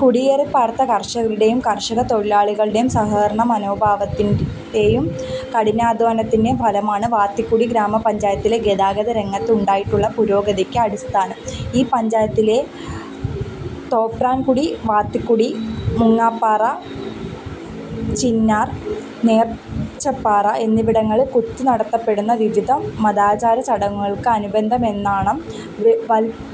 കുടിയേറിപാർത്ത കർഷകരുടെയും കർഷകതൊഴിലാളികളുടെയും സഹകരണമനോഭാവത്തിന്റെയും കഠിനാദ്ധ്വാനത്തിന്റെയും ഫലമാണ് വാത്തിക്കുടി ഗ്രാമപഞ്ചായത്തിലെ ഗതാഗതരംഗത്ത് ഉണ്ടായിട്ടുള്ള പുരോഗതിക്ക് അടിസ്ഥാനം. ഈ പഞ്ചായത്തിലെ തോപ്രാൻകുടി, വാത്തിക്കുടി, മൂങ്ങാപ്പാറ, ചിന്നാർ, നേർച്ചപ്പാറ എന്നിവിടങ്ങളിൽ കൂത്ത് നടത്തപ്പെടുന്നു. വിവിധ മതാചാര ചടങ്ങുകൾക്ക് അനുബന്ധമെന്നാണം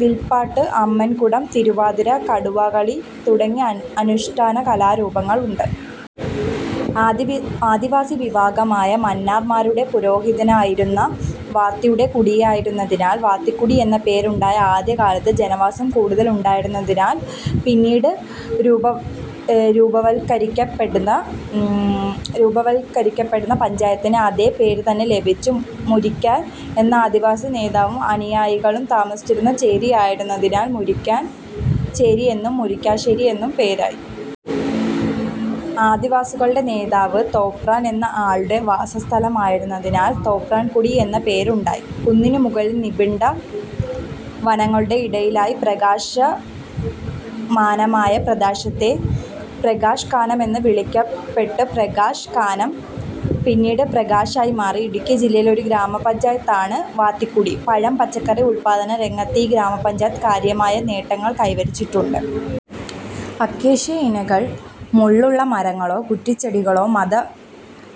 വിൽപ്പാട്ട്, അമ്മൻകുടം, തിരുവാതിര, കടുവാകളി തുടങ്ങി അനുഷ്ഠാന കലാരൂപങ്ങളും ഉണ്ട്. ആദിവാസി വിഭാഗമായ 'മന്നാൻ'മാരുടെ പുരോഹിതനായിരുന്ന 'വാത്തി'യുടെ കുടിയായിരുന്നതിനാൽ വാത്തിക്കുടി എന്ന പേരുണ്ടായി. ആദ്യകാലത്ത് ജനവാസം കൂടുതൽ ഉണ്ടായിരുന്നതിനാൽ പിന്നീട് രൂപവത്കരിക്കപ്പെട്ട പഞ്ചായത്തിന് അതേ പേരു തന്നെ ലഭിച്ചു. 'മുരിക്കാൻ' എന്ന ആദിവാസി നേതാവും അനുയായികളും താമസിച്ചിരുന്ന 'ചേരി' ആയിരുന്നതിനാൽ മുരിക്കാൻ ചേരി എന്നും മുരിക്കാശ്ശേരി എന്നും പേരായി. ആദിവാസികളുടെ നേതാവ് തോപ്രാൻ എന്ന ആളുടെ വാസസ്ഥലമായിരുന്നതിനാൽ തോപ്രാൻകുടി എന്ന പേരുണ്ടായി. കുന്നിനു മുകളിൽ നിബിഡ വനങ്ങളുടെ ഇടയിലായി പ്രകാശമാനമായ പ്രദേശത്തെ പ്രകാശ് കാനം എന്നു വിളിക്കപ്പെട്ടു. പ്രകാശ് കാനം പിന്നീട് പ്രകാശ് ആയി മാറി. ഇടുക്കി ജില്ലയിലെ ഒരു ഗ്രാമപഞ്ചായത്താണ് വാത്തിക്കുടി. പഴം പച്ചക്കറി ഉല്പാദനരംഗത്ത് ഈ ഗ്രാമപഞ്ചായത്ത് കാര്യമായ നേട്ടങ്ങൾ കൈവരിച്ചിട്ടുണ്ട്. അക്കേഷ്യ ഇനങ്ങൾ മുള്ളുള്ള മരങ്ങളോ കുറ്റിച്ചെടികളോ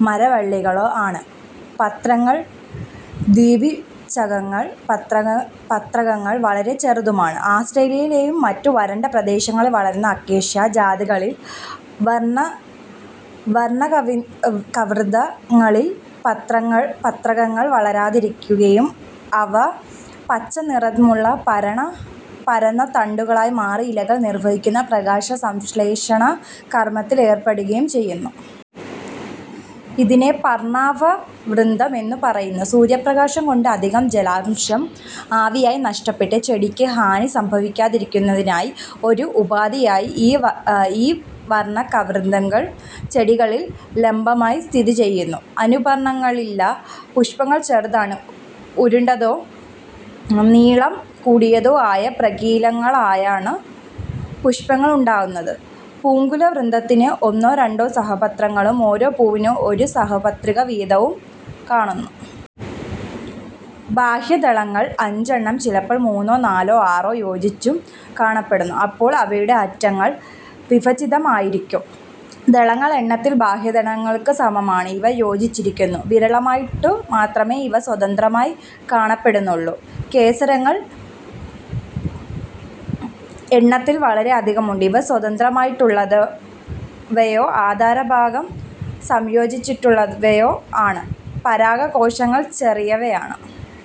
മരവള്ളികളോ ആണ്. പത്രങ്ങൾ ദ്വിപിച്ഛകങ്ങളും പത്രകങ്ങൾ വളരെ ചെറുതുമാണ്. ആസ്ട്രേലിയയിലെയും മറ്റും വരണ്ട പ്രദേശങ്ങളിൽ വളരുന്ന അക്കേഷ്യ ജാതികളിൽ പർണകവൃന്ത ങ്ങളിൽ പത്രകങ്ങൾ വളരാതിരിക്കുകയും അവ പച്ചനിറമുള്ള പരന്ന തണ്ടുകളായി മാറി ഇലകൾ നിർവഹിക്കുന്ന പ്രകാശസംശ്ളേഷണ കർമത്തിൽ ഏർപ്പെടുകയും ചെയ്യുന്നു. ഇതിനെ പർണാഭവൃന്തം എന്നു പറയുന്നു. സൂര്യപ്രകാശംകൊണ്ട് അധികം ജലാംശം ആവിയായി നഷ്ടപ്പെട്ട് ചെടിക്ക് ഹാനി സംഭവിക്കാതിരിക്കുന്നതിനുള്ള ഒരു ഉപാധിയായി, ഈ പർണകവൃന്തങ്ങൾ ചെടികളിൽ ലംബമായി സ്ഥിതിചെയ്യുന്നു. അനുപർണങ്ങളില്ല. പുഷ്പങ്ങൾ ചെറുതാണ്. ഉരുണ്ടതോ നീളം കൂടിയതോ ആയ പ്രകീലങ്ങളായാണ് പുഷ്പങ്ങളുണ്ടാകുന്നത്. പൂങ്കുലവൃന്തത്തിന് ഒന്നോ രണ്ടോ സഹപത്രങ്ങളും, ഓരോ പൂവിനും ഒരു സഹപത്രിക വീതവും കാണുന്നു. ബാഹ്യദളങ്ങൾ അഞ്ചെണ്ണം. ചിലപ്പോൾ മൂന്നോ, നാലോ, ആറോ യോജിച്ചും കാണപ്പെടുന്നു. അപ്പോൾ അവയുടെ അറ്റങ്ങൾ വിഭജിതമായിരിക്കും. ദളങ്ങൾ എണ്ണത്തിൽ ബാഹ്യദളങ്ങൾക്കു സമമാണ്; ഇവ യോജിച്ചിരിക്കുന്നു. വിരളമായിട്ടു മാത്രമേ ഇവ സ്വതന്ത്രമായി കാണപ്പെടുന്നുള്ളൂ. കേസരങ്ങൾ എണ്ണത്തിൽ വളരെ അധികമുണ്ട്; ഇവ സ്വതന്ത്രമായിട്ടുള്ളവയോ ആധാരഭാഗം സംയോജിച്ചിട്ടുള്ളവയോ ആണ്. പരാഗകോശങ്ങൾ ചെറിയവയാണ്.